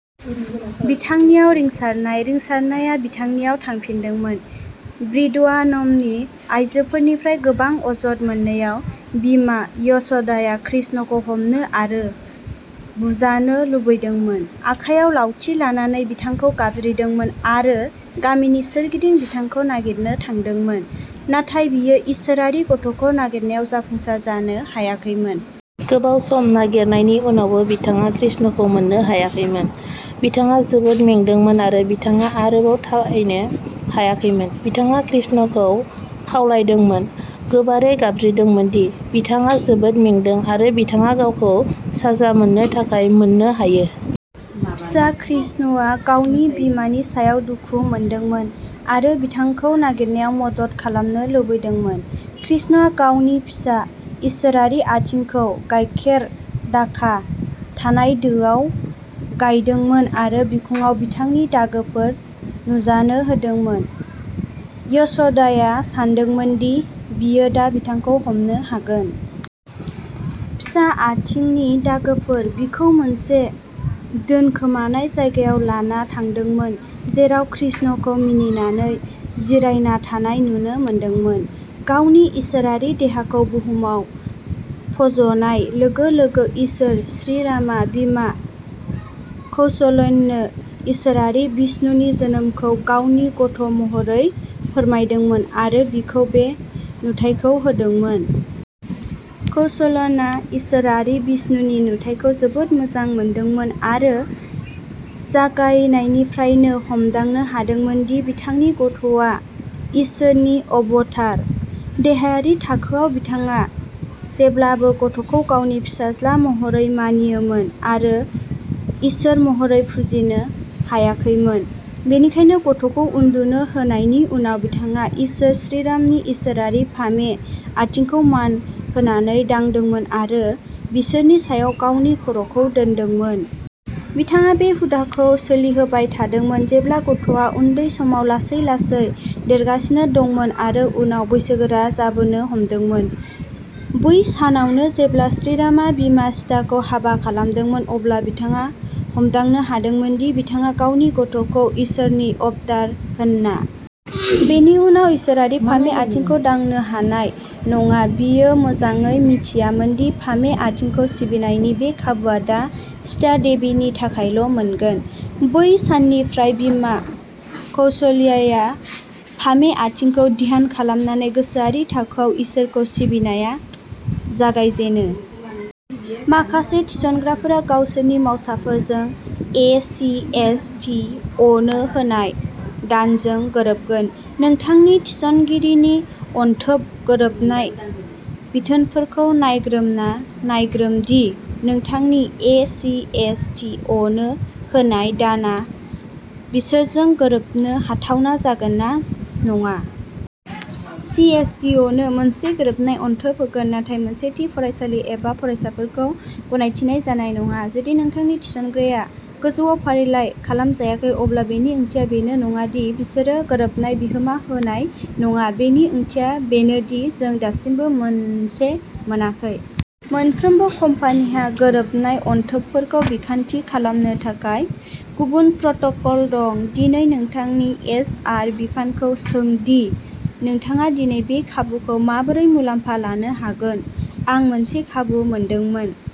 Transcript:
बिथांनियाव रिंसारनाय। रिंसारनाया बिथांनियाव थांफिनदोंमोन। ब्रिडवानमनि आइजोफोरनिफ्राय गोबां अजद मोननायाव बिमा यास'धाया कृष्णखौ हमनो आरो बुजानो लुबैदोंमोन। आखायाव लावथि लानानै बिथांखौ गाबज्रिदोंमोन आरो गामिनि सोरगिदिं बिथांखौ नागिरनो थांदोंमोन। नाथाय बियो इसोरारि गथ'खौ नागिरनायाव जाफुंसार जानो हायाखैमोन। गोबाव सम नागिरनायनि उनावबो बिथाङा कृष्णखौ मोननो हायाखैमोन। बिथाङा जोबोद मेंदोंमोन आरो बिथाङा आरोबाव थाबायनो हायाखैमोन। बिथाङा कृष्णखौ खावलायदोंमोन, गोबारै गाबज्रिदोंमोन दि बिथाङा जोबोद मेंदों आरो बिथाङा गावखौ साजा मोननो थाखाय मोननो हायो। फिसा कृष्णआ गावनि बिमानि सायाव दुखु मोनदोंमोन आरो बिथांखौ नागिरनायाव मदद खालामनो लुबैदोंमोन। कृष्णआ गावनि फिसा इसोरारि आथिंखौ गाइखेरदाखा थानाय दोआव गायदोंमोन आरो बिखुंआव बिथांनि दागोफोर नुजानो होदोंमोन। यश'धाया सानदोंमोन दि बियो दा बिथांखौ हमनो हागोन। फिसा आथिंनि दागोफोर, बिखौ मोनसे दोनखोमानाय जायगायाव लाना थांदोंमोन जेराव कृष्णखौ मिनिनानै जिरायना थानाय नुनो मोनदोंमोन। गावनि इसोरारि देहाखौ बुहुमाव फज'नाय लोगो लोगो इसोर श्रीरामआ बिमा कौसल्यनो इसोरारि बिष्णुनि जोनोमखौ गावनि गथ' महरै फोरमायदोंमोन आरो बिखौ बे नुथायखौ होदोंमोन। कौसल्यआ इसोरारि बिष्णुनि नुथायखौ जोबोद मोजां मोनदोंमोन आरो जागायनायनिफ्रायनो हमदांनो हादोंमोन दि बिथांनि गथ'आ इसोरनि अवतार। देहायारि थाखोआव बिथाङा जेब्लाबो गथ'खौ गावनि फिसाज्ला महरै मानियोमोन आरो इसोर महरै फुजिनो हायाखैमोन। बेनिखायनो गथ'खौ उन्दुनो होनायनि उनाव बिथाङा इसोर श्रीरामनि इसोरारि फामे आथिंखौ मान होनानै दांदोंमोन आरो बिसोरनि सायाव गावनि खर'खौ दोनदोंमोन। बिथाङा बे हुदाखौ सोलिहोबाय थादोंमोन, जेब्ला गथ'आ उन्दै समाव लासै लासै देरगासिनो दंमोन आरो उनाव बैसोगोरा जाबोनो हमदोंमोन। बै सानावनो जेब्ला श्रीरामआ बिमा सीताखौ हाबा खालामदोंमोन, अब्ला बिथाङा हमदांनो हादोंमोन दि बिथाङा गावनि गथ'खौ इसोरनि अवतार होनना। बेनि उनाव इसोरारि फामे आथिंखौ दांनो हानाय नङा। बियो मोजाङै मिथियोमोन दि फामे आथिंखौ सिबिनायनि बे खाबुआ दा सीता देवीनि थाखायल' मोनगोन। बै साननिफ्राय बिमा कौसल्याया फामे आथिंखौ ध्यान खालामनानै गोसोआरि थाखोआव इसोरखौ सिबिनाया जागायजेनो। माखासे थिसनग्राफोरा गावसोरनि मावसाफोरजों ए C S T a no होनाय दानजों गोरोबगोन। नोंथांनि थिसनगिरिनि अनथोब गोरोबनाय बिथोनफोरखौ नायग्रोमना नायग्रोम दि नोंथांनि ए C S T a no होनाय दानआ बिसोरजों गोरोबनो हाथावना जागोन ना नङा। C S T a no मोनसे गोरोबनाय अनथोब होगोन, नाथाय मोनसे थि फरायसालि एबा फरायसाफोरखौ गनायथिनाय जानाय नङा। जुदि नोंथांनि थिसनग्राया गोजौआव फारिलाइ खालामजायाखै, अब्ला बेनि ओंथिया बेनो नङा दि बिसोरो गोरोबनाय बिहोमा होनाय नङा बेनि ओंथिया बेनो दि जों दासिमबो मोनसे मोनाखै। मोनफ्रोमबो कम्पानिहा गोरोबनाय अनथोबफोरखौ बिखान्थि खालामनो थाखाय गुबुन प्रट'कल दं। दिनै नोंथांनि एच आर बिफानखौ सों दि नोंथाङा दिनै बे खाबुखौ माबोरै मुलाम्फा लानो हागोन। आं मोनसे खाबु मोनदोंमोन।